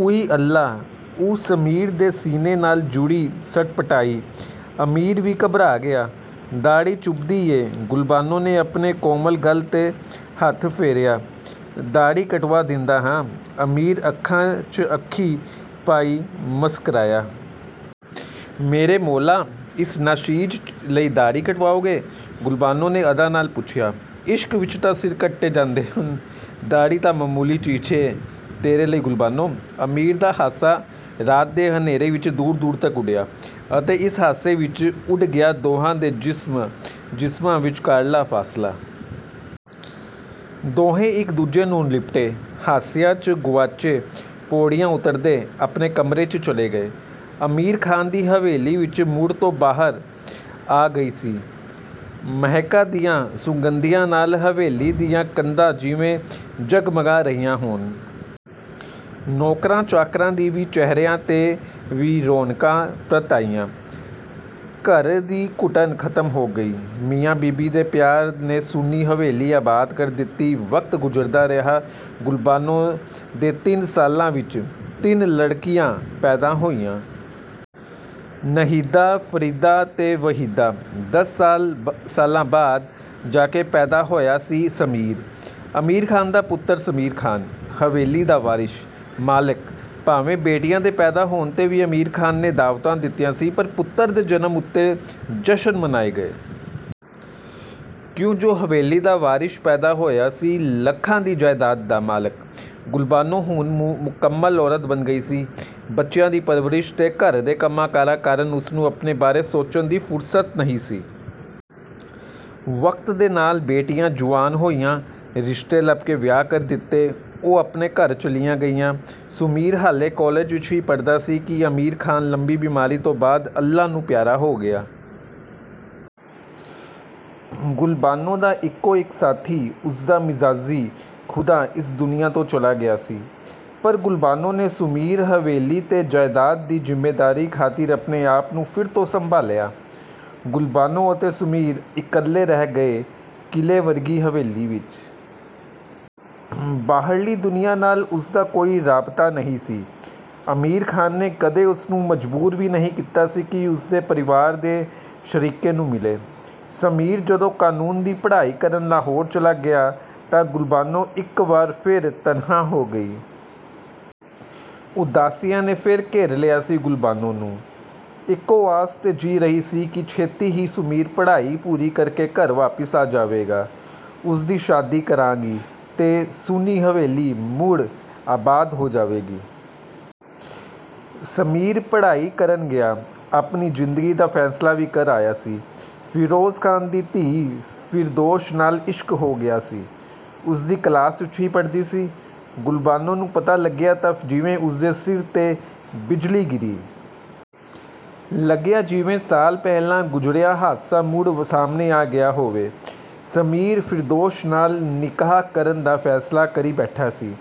"ਊਈ ਅੱਲਾਹ"…. ਉਹ ਸਮੀਰ ਦੇ ਸੀਨੇ ਨਾਲ ਜੁੜੀ ਸਟਪਟਾਈ। ਅਮੀਰ ਵੀ ਘਬਰਾ ਗਿਆ। "ਦਾੜ੍ਹੀ ਚੁੱਭਦੀ ਏਂ "ਗੁਲਬਾਨੋ ਨੇ ਆਪਣੀ ਕੋਮਲ ਗਲ 'ਤੇ ਹੱਥ ਫੇਰਿਆ। "ਦਾੜ੍ਹੀ ਕਟਵਾਂ ਦਿੰਦਾਂ ਹਾਂ "ਅਮੀਰ ਅੱਖਾਂ, ਚ' ਅੱਖੀ ਪਾਈ ਮੁਸਕਰਾਇਆ। "ਮੇਰੇ ਮੌਲ੍ਹਾ.. ਇਸ ਨਾਚੀਜ਼ ਲਈ ਦਾੜ੍ਹੀ ਕਟਵਾਓਗੇ "…! ਗੁਲਬਾਨੋ ਨੇ ਅਦਾ ਨਾਲ ਪੁੱਛਿਆ। "ਇਸ਼ਕ ਵਿੱਚ ਤਾਂ ਸਿਰ ਕੱਟ ਜਾਂਦੇ ਨੇ, ਦਾੜ੍ਹੀ ਤਾਂ ਮਾਮੂਲੀ ਚੀਜ਼ ਏਂ ਤੇਰੇ ਲਈ ਗੁਲਬਾਨੋ "ਅਮੀਰ ਦਾ ਹਾਸ਼ਾ ਰਾਤ ਦੇ ਹਨੇਰੇ ਵਿੱਚ ਦੂਰ ਦੂਰ ਤੱਕ ਉਡਿਆ, ਅਤੇ ਇਸੇ ਹਾਸੇ ਵਿੱਚ ਉਡ ਗਿਆ ਦੋਹਾਂ ਦੇ ਜਿਸਮਾਂ ਵਿੱਚਕਾਰਲਾਂ ਫਾਸਲਾ। ਦੋਹੇਂ ਇੱਕ-ਦੂਜੇ ਨੂੰ ਲਿਪਟੇ, ਹਾਸਿਆ, ਚ' ਗੁਆਚੇ ਪੌੜੀਆਂ ਉਤਰਦੇ ਆਪਣੇ ਕਮਰੇ, ਚ' ਚਲੇ ਗਏ। ਅਮੀਰ ਖਾਨ ਦੀ ਹਵੇਲੀ ਵਿੱਚ ਮੁੜ ਤੋਂ ਬਹਾਰ ਆ ਗਈ ਸੀ। ਮਹਿਕਾਂ ਦੀਆ ਸੁਗੰਧੀਆਂ ਨਾਲ ਹਵੇਲੀ ਦੀਆ ਕੰਧਾਂ ਜਿਵੇਂ ਜਗ-ਮਗਾ ਰਹੀਆ ਹੋਣ। ਨੌਕਰਾਂ ਚਾਕਰਾਂ ਦੇ ਵੀ ਚਿਹਰਿਆਂ 'ਤੇ ਵੀ ਰੌਣਕਾ ਪ੍ਰਤ ਆਈਆ। ਘਰ ਦੀ ਘੁੱਟਣ ਖਤਮ ਹੋ ਗਈ। ਮੀਆਂ-ਬੀਵੀ ਦੇ ਪਿਆਰ ਨੇ ਸੁੰਨੀ ਹਵੇਲੀ ਆਬਾਦ ਕਰ ਦਿਤੀ ਵਕਤ ਗੁਜ਼ਰਦਾ ਰਿਹਾ। ਗੁਲਬਾਨੋ ਦੇ ਤਿੰਨ ਸਾਲਾਂ ਵਿੱਚ ਤਿੰਨ ਲੜਕੀਆਂ ਪੈਦਾ ਹੋਈਆ। ਨਹੀਦਾ, ਫਰੀਦਾ ਤੇ ਵਹੀਦਾ। ਦਸ ਸਾਲਾਂ ਬਾਅਦ ਜਾ ਕੇ ਪੈਦਾ ਹੋਇਆ ਸੀ ਸਮੀਰ। ਅਮੀਰ ਖਾਨ ਦਾ ਪੁੱਤਰ ਸਮੀਰ ਖਾਨ। ਹਵੇਲੀ ਦਾ ਵਾਰਿਸ਼, ਮਾਲਿਕ। ਭਾਵੇਂ ਬੇਟੀਆ ਦੇ ਪੈਦਾ ਹੋਣ 'ਤੇ ਵੀ ਅਮੀਰ ਖਾਨ ਨੇ ਦਾਅਵਤਾਂ ਦਿੱਤੀਆ ਸੀ, ਪਰ ਪੁੱਤਰ ਦੇ ਜਨਮ ਉਤੇ ਜਸ਼ਨ ਮਨਾਏ ਗਏ। ਕਿਉ ਜੋ ਹਵੇਲੀ ਦਾ ਵਾਰਿਸ਼ ਪੈਦਾ ਹੋਇਆ ਸੀ। ਲੱਖਾਂ ਦੀ ਜਾਇਦਾਤ ਦਾ.. ਮਾਲਕ। ਗੁਲਬਾਨੋ ਹੁਣ ਮੁਕੰਮਲ ਔਰਤ ਬਣ ਗਈ ਸੀ। ਬੱਚਿਆਂ ਦੀ ਪਰਵਰਿਸ਼ ਤੇ ਘਰ ਦੇ ਕੰਮਾਂਕਾਰਾ ਕਾਰਨ ਉਸਨੂੰ ਆਪਣੇ ਬਾਰੇ ਸੋਚਣ ਦੀ ਫੁਰਸ਼ਤ ਨਹੀ ਸੀ। ਵਕਤ ਦੇ ਨਾਲ ਬੇਟੀਆ ਜੁਆਨ ਹੋਈਆ, ਰਿਸ਼ਤੇ ਲੱਭਕੇ ਵਿਆਹ ਕਰ ਦਿਤੇ। ਉਹ ਆਪਣੇ ਘਰ ਚਲੀਆ ਗਈਆ। ਸੁਮੀਰ ਹਾਲੇ ਕਾਲਿਜ ਵਿੱਚ ਹੀ ਪੜ੍ਹਦਾ ਸੀ ਕਿ ਅਮੀਰ ਖਾਨ ਲੰਮੀ ਬਿਮਾਰੀ ਤੋਂ ਬਾਅਦ ਅੱਲਾਹ ਨੂੰ ਪਿਆਰਾ ਹੋ ਗਿਆ। ਗੁਲਬਾਨੋ ਦਾ ਇੱਕੋ-ਇੱਕ ਸਾਥੀ ਉਸਦਾ "ਮਿਜ਼ਾਜੀ ਖੁਦਾ"ਇਸ ਦੁਨੀਆ ਤੋਂ ਚਲਾ ਗਿਆ ਸੀ। ਪਰ ਗੁਲਬਾਨੋ ਨੇ ਸੁਮੀਰ, ਹਵੇਲੀ ਤੇ ਜਾਇਦਾਤ ਦੀ ਜੁੰਮੇਂਵਾਰੀ ਖਾਤਿਰ ਆਪਣੇ ਆਪ ਨੂੰ ਫਿਰ ਤੋਂ ਸੰਭਾਲਿਆਂ। ਗੁਲਬਾਨੋ ਅਤੇ ਸੁਮੀਰ ਇੱਕਲੇ ਰਹਿ ਗਏ.. ਕਿਲ੍ਹੇ ਵਰਗੀ ਹਵੇਲੀ ਵਿੱਚ। ਬਾਹਰਲੀ ਦੁਨੀਆਂ ਨਾਲ ਉਸਦਾ ਕੋਈ ਰਾਬਤਾ ਨਹੀ ਸੀ। ਅਮੀਰ ਖਾਨ ਨੇ ਕਦੇ ਉਸਨੂੰ ਮਜਬੂਰ ਵੀ ਨਹੀ ਕੀਤਾ ਸੀ ਕਿ ੳਸਦੇ ਪ੍ਰਵਾਰ ਤੇ ਸ਼ਰੀਕੇ ਨੂੰ ਮਿਲੇ। ਸਮੀਰ ਜਦੋ ਕਾਨੂੰਨ ਦੀ ਪੜ੍ਹਾਈ ਕਰਨ ਲਾਹੌਰ ਚਲਾ ਗਿਆ ਤਾਂ ਗੁਲਬਾਨੋ ਇਕ ਵਾਰ ਫਿਰ ਤਨਹਾ ਹੋ ਗਈ। ਉਦਾਸੀਆਂ ਨੇ ਫੇਰ ਘੇਰ ਲਿਆ ਸੀ ਗੁਲਬਾਨੋ ਨੂੰ। ਇਕੋ ਆਸ਼ ਤੇ ਜੀਅ ਰਹੀ ਸੀ ਕਿ ਛੇਤੀ ਹੀ ਸ਼ਮੀਰ ਪੜ੍ਹਾਈ ਪੂਰੀ ਕਰਕੇ ਘਰ ਵਾਪਸ ਆ ਜਾਵੇਗਾ। ਉਸਦੀ ਸ਼ਾਦੀ ਕਰਾਂਗੀ ਤੇ ਸੁੰਨੀ ਹਵੇਲੀ ਮੁੜ ਆਬਾਦ ਹੋ ਜਾਵੇਗੀ। ਸਮੀਰ ਪੜ੍ਹਾਈ ਕਰਨ ਗਿਆ, ਆਪਣੀ ਜ਼ਿੰਦਗੀ ਦਾ ਫੈਸਲਾ ਵੀ ਕਰ ਆਇਆ ਸੀ। "ਫਿਰੋਜ ਖਾਨ"ਦੀ ਧੀ ਫਿਰਦੋਸ਼ ਨਾਲ ਇਸ਼ਕ ਹੋ ਗਿਆ ਸੀ, ਜੋ ਉਸਦੀ ਕਲਾਸ ਵਿੱਚ ਹੀ ਪੜ੍ਹਦੀ ਸੀ। ਗੁਲਬਾਨੋ ਨੂੰ ਪਤਾ ਲੱਗਿਆ ਤਾਂ ਜਿਵੇ ਉਸਦੇ ਸਿਰ ਤੇ ਬਿਜਲੀ ਗਿਰੀ। ਲੱਗਿਆ ਜਿਵੇਂ ਸਾਲ ਪਹਿਲਾਂ ਗੁਜ਼ਰਿਆਂ ਹਾਦਸਾ ਮੁੜ ਸਾਹਮਣੇ ਆ ਗਿਆ ਹੋਵੇ। ਸਮੀਰ, ਫਿਰਦੌਸ਼ ਨਾਲ ਨਿਕਾਹ ਕਰਨ ਦਾ ਫੈਸਲਾ ਕਰੀ ਬੈਠਾ ਸੀ।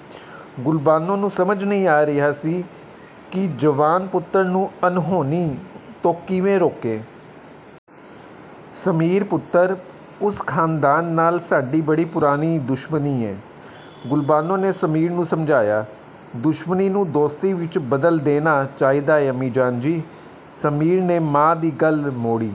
ਗੁਲਬਾਨੋ ਨੂੰ ਸਮਝ ਨਹੀ ਆ ਰਹੀ ਸੀ ਕਿ ਜਵਾਨ ਪੁੱਤਰ ਨੂੰ ਅਣਹੋਣੀ ਤੋਂ ਕਿਵੇ ਰੋਕੇ। "ਸਮੀਰ ਪੁੱਤਰ…. ਉਸ ਖਾਨਦਾਨ ਨਾਲ ਸਾਡੀ ਬੜੀ ਪੁਰਾਣੀ ਦੁਸ਼ਮਣੀ ਏਂ "….. ਗੁਲਬਾਨੋ ਨੇ ਸਮੀਰ ਨੂੰ ਸਮਝਾਇਆ। "ਦੁਸ਼ਮਣੀ ਨੂੰ ਦੋਸਤੀ ਵਿੱਚ ਬਦਲ ਦੇਣਾ ਚਾਹੀਦਾ ਏ ਅੰਮੀ-ਜਾਨ ਜੀ "…. ਸਮੀਰ ਨੇ ਮਾਂ ਦੀ ਗੱਲ ਮੋੜੀ।